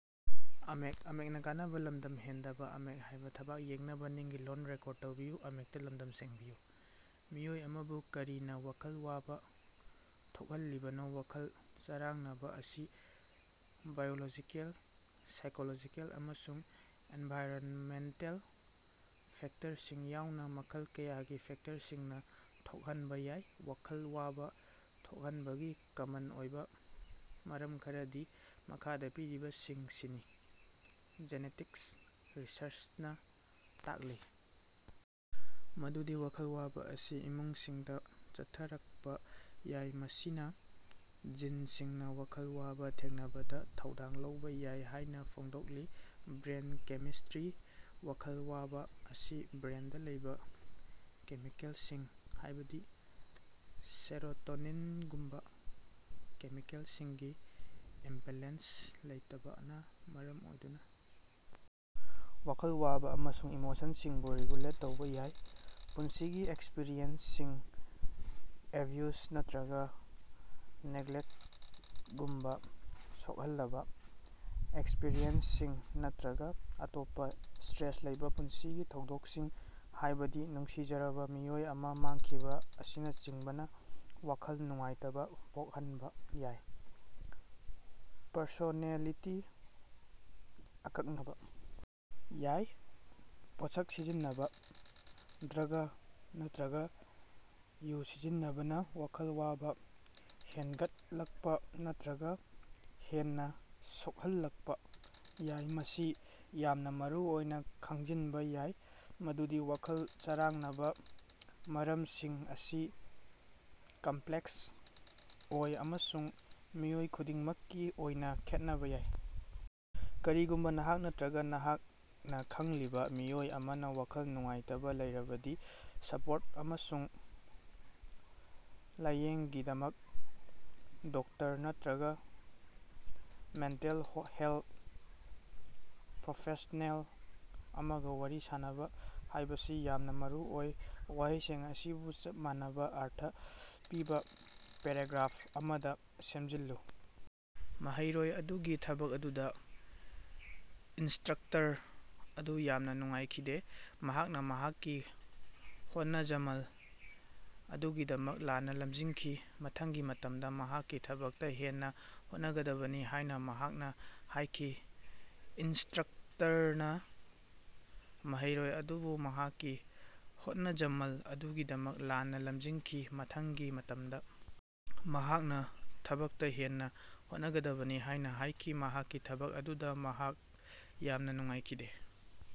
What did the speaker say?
ꯃꯤꯑꯣꯏ ꯑꯃꯕꯨ ꯀꯔꯤꯅ ꯋꯥꯈꯜ ꯋꯥꯕ ꯊꯣꯛꯍꯜꯂꯤꯕꯅꯣ? ꯋꯥꯈꯜ ꯆꯔꯥꯡꯅꯕꯥ ꯑꯁꯤ ꯕꯥꯏꯑꯣꯂꯣꯖꯤꯀꯦꯜ, ꯁꯥꯏꯀꯣꯂꯣꯖꯤꯀꯦꯜ ꯑꯃꯁꯨꯡ ꯑꯦꯟꯚꯥꯏꯔꯟꯃꯦꯟꯇꯦꯜ ꯐꯦꯛꯇꯔꯁꯤꯡ ꯌꯥꯎꯅ ꯃꯈꯜ ꯀꯌꯥꯒꯤ ꯐꯦꯛꯇꯔꯁꯤꯡꯅ ꯊꯣꯛꯍꯟꯕ ꯌꯥꯏ꯫ ꯋꯥꯈꯜ ꯋꯥꯕ ꯊꯣꯛꯍꯟꯕꯒꯤ ꯀꯃꯟ ꯑꯣꯏꯕ ꯃꯔꯝ ꯈꯔꯗꯤ ꯃꯈꯥꯗ ꯄꯤꯔꯤꯕꯁꯤꯡꯁꯤꯅꯤ꯫ ꯖꯦꯅꯦꯇꯤꯛꯁ - ꯔꯤꯁꯔꯆꯅꯥ ꯇꯥꯛꯂꯤ ꯃꯗꯨꯗꯤ ꯋꯥꯈꯜ ꯋꯥꯕ ꯑꯁꯤ ꯏꯃꯨꯡꯁꯤꯡꯗ ꯆꯠꯊꯔꯛꯄ ꯌꯥꯏ, ꯃꯁꯤꯅ ꯖꯤꯟꯁꯤꯡꯅ ꯋꯥꯈꯜ ꯋꯥꯕ ꯊꯦꯡꯅꯕꯗ ꯊꯧꯗꯥꯡ ꯂꯧꯕ ꯌꯥꯏ ꯍꯥꯏꯅ ꯐꯣꯡꯗꯣꯛꯂꯤ꯫ ꯕ꯭ꯔꯦꯟ ꯀꯦꯃꯤꯁꯇ꯭ꯔꯤ - ꯋꯥꯈꯜ ꯋꯥꯕ ꯑꯁꯤ ꯕ꯭ꯔꯦꯟꯗ ꯂꯩꯕ ꯀꯦꯃꯤꯀꯦꯜꯁꯤꯡ, ꯍꯥꯏꯕꯗꯤ ꯁꯦꯔꯣꯇꯣꯅꯤꯟꯒꯨꯝꯕ ꯀꯦꯃꯤꯀꯦꯜꯁꯤꯡꯒꯤ ꯏꯝꯕꯦꯂꯦꯟꯁ ꯂꯩꯇꯕꯅꯥ ꯃꯔꯝ ꯑꯣꯏꯗꯨꯅ ꯋꯥꯈꯜ ꯋꯥꯕ ꯑꯃꯁꯨꯡ ꯏꯃꯣꯁꯟꯁꯤꯡꯕꯨ ꯔꯤꯒꯨꯂꯦꯠ ꯇꯧꯕ ꯌꯥꯏ꯫ ꯄꯨꯟꯁꯤꯒꯤ ꯑꯦꯛꯁꯄꯤꯔꯤꯑꯦꯟꯁꯁꯤꯡ - ꯑꯦꯕ꯭ꯌꯨꯖ ꯅꯠꯇꯔꯒ ꯅꯦꯒꯂꯦꯛꯇꯒꯨꯝꯕ ꯁꯣꯛꯍꯜꯂꯕꯥ ꯑꯦꯛꯁꯄꯤꯔꯤꯑꯦꯟꯁꯁꯤꯡ, ꯅꯠꯇꯔꯒ ꯑꯇꯣꯞꯄ ꯁ꯭ꯇꯔꯦꯁ ꯂꯩꯕ ꯄꯨꯟꯁꯤꯒꯤ ꯊꯧꯗꯣꯛꯁꯤꯡ, ꯍꯥꯏꯕꯗꯤ ꯅꯨꯡꯁꯤꯖꯔꯕꯥ ꯃꯤꯑꯣꯏ ꯑꯃ ꯃꯥꯡꯈꯤꯕ ꯑꯁꯤꯅꯆꯤꯡꯕꯅ ꯋꯥꯈꯜ ꯅꯨꯡꯉꯥꯏꯇꯕꯥ ꯄꯣꯛꯍꯟꯕ ꯌꯥꯏ꯫ ꯄꯔꯁꯣꯅꯦꯂꯤꯇꯤ- ꯑꯀꯛꯅꯕꯥ ꯌꯥꯏ꯫ ꯄꯣꯠꯁꯛ ꯁꯤꯖꯤꯟꯅꯕ - ꯗ꯭ꯔꯒ ꯅꯠꯇꯔꯒ ꯌꯨ ꯁꯤꯖꯤꯟꯅꯕꯅꯥ ꯋꯥꯈꯜ ꯋꯥꯕ ꯍꯦꯟꯒꯠꯂꯛꯄ ꯅꯠꯇꯔꯒ ꯍꯦꯟꯅ ꯁꯣꯛꯍꯜꯂꯛꯄ ꯌꯥꯏ꯫ ꯃꯁꯤ ꯌꯥꯝꯅ ꯃꯔꯨꯑꯣꯏꯅ ꯈꯪꯖꯤꯟꯕ ꯌꯥꯏ ꯃꯗꯨꯗꯤ ꯋꯥꯈꯜ ꯆꯔꯥꯡꯅꯕꯥ ꯃꯔꯝꯁꯤꯡ ꯑꯁꯤ ꯀꯝꯄ꯭ꯂꯦꯛꯁ ꯑꯣꯏ ꯑꯃꯁꯨꯡ ꯃꯤꯑꯣꯏ ꯈꯨꯗꯤꯡꯃꯛꯀꯤ ꯑꯣꯏꯅ ꯈꯦꯠꯅꯕ ꯌꯥꯏ꯫ ꯀꯔꯤꯒꯨꯝꯕ ꯅꯍꯥꯛ ꯅꯠꯇꯔꯒ ꯅꯍꯥꯛꯅ ꯈꯪꯂꯤꯕ ꯃꯤꯑꯣꯏ ꯑꯃꯅ ꯋꯥꯈꯜ ꯅꯨꯡꯉꯥꯏꯇꯕꯥ ꯂꯩꯔꯕꯗꯤ, ꯁꯄꯣꯔꯠ ꯑꯃꯁꯨꯡ ꯂꯥꯏꯌꯦꯡꯒꯤꯗꯃꯛ ꯗꯣꯛꯇꯔ ꯅꯠꯇꯔꯒ ꯃꯦꯟꯇꯦꯜ ꯍꯦꯜꯊ ꯄ꯭ꯔꯣꯐꯦꯁꯅꯦꯜ ꯑꯃꯒ ꯋꯥꯔꯤ ꯁꯥꯅꯕ ꯍꯥꯏꯕꯁꯤ ꯌꯥꯝꯅ ꯃꯔꯨꯑꯣꯏ꯫ ꯋꯥꯍꯩꯁꯤꯡ ꯑꯁꯤꯕꯨ ꯆꯞ ꯃꯥꯟꯅꯕꯥ ꯑꯔꯊ ꯄꯤꯕ ꯄꯦꯔꯥꯒ꯭ꯔꯥꯐ ꯑꯃꯗ ꯁꯦꯝꯖꯤꯜꯂꯨ꯫ ꯃꯍꯩꯔꯣꯏ ꯑꯗꯨꯒꯤ ꯊꯕꯛ ꯑꯗꯨꯗ ꯏꯟꯁꯇ꯭ꯔꯛꯇꯔ ꯑꯗꯨ ꯌꯥꯝꯅ ꯅꯨꯡꯉꯥꯏꯈꯤꯗꯦ꯫ ꯃꯍꯥꯛꯅ ꯃꯍꯥꯛꯀꯤ ꯍꯣꯠꯅꯖꯃꯜ ꯑꯗꯨꯒꯤꯗꯃꯛ ꯂꯥꯟꯅ ꯂꯝꯖꯤꯡꯈꯤ꯫ ꯃꯊꯪꯒꯤ ꯃꯇꯝꯗ ꯃꯍꯥꯛꯀꯤ ꯊꯕꯛꯇ ꯍꯦꯟꯅ ꯍꯣꯠꯅꯒꯗꯕꯅꯤ ꯍꯥꯏꯅ ꯃꯍꯥꯛꯅ ꯍꯥꯏꯈꯤ꯫ ꯏꯟꯁꯇ‍꯭ꯔꯛꯇꯔꯅꯥ ꯃꯍꯩꯔꯣꯏ ꯑꯗꯨꯕꯨ ꯃꯍꯥꯛꯀꯤ ꯍꯣꯠꯅꯖꯃꯜ ꯑꯗꯨꯒꯤꯗꯃꯛ ꯂꯥꯟꯅ ꯂꯝꯖꯤꯡꯈꯤ, ꯃꯊꯪꯒꯤ ꯃꯇꯝꯗ ꯃꯍꯥꯛꯀꯤ ꯊꯕꯛꯇ ꯍꯦꯟꯅ ꯍꯣꯠꯅꯒꯗꯕꯅꯤ ꯍꯥꯏꯅ ꯍꯥꯏꯈꯤ꯫ ꯃꯍꯥꯛꯀꯤ ꯊꯕꯛ ꯑꯗꯨꯗ ꯃꯍꯥꯛ ꯌꯥꯝꯅ ꯅꯨꯡꯉꯥꯏꯈꯤꯗꯦ꯫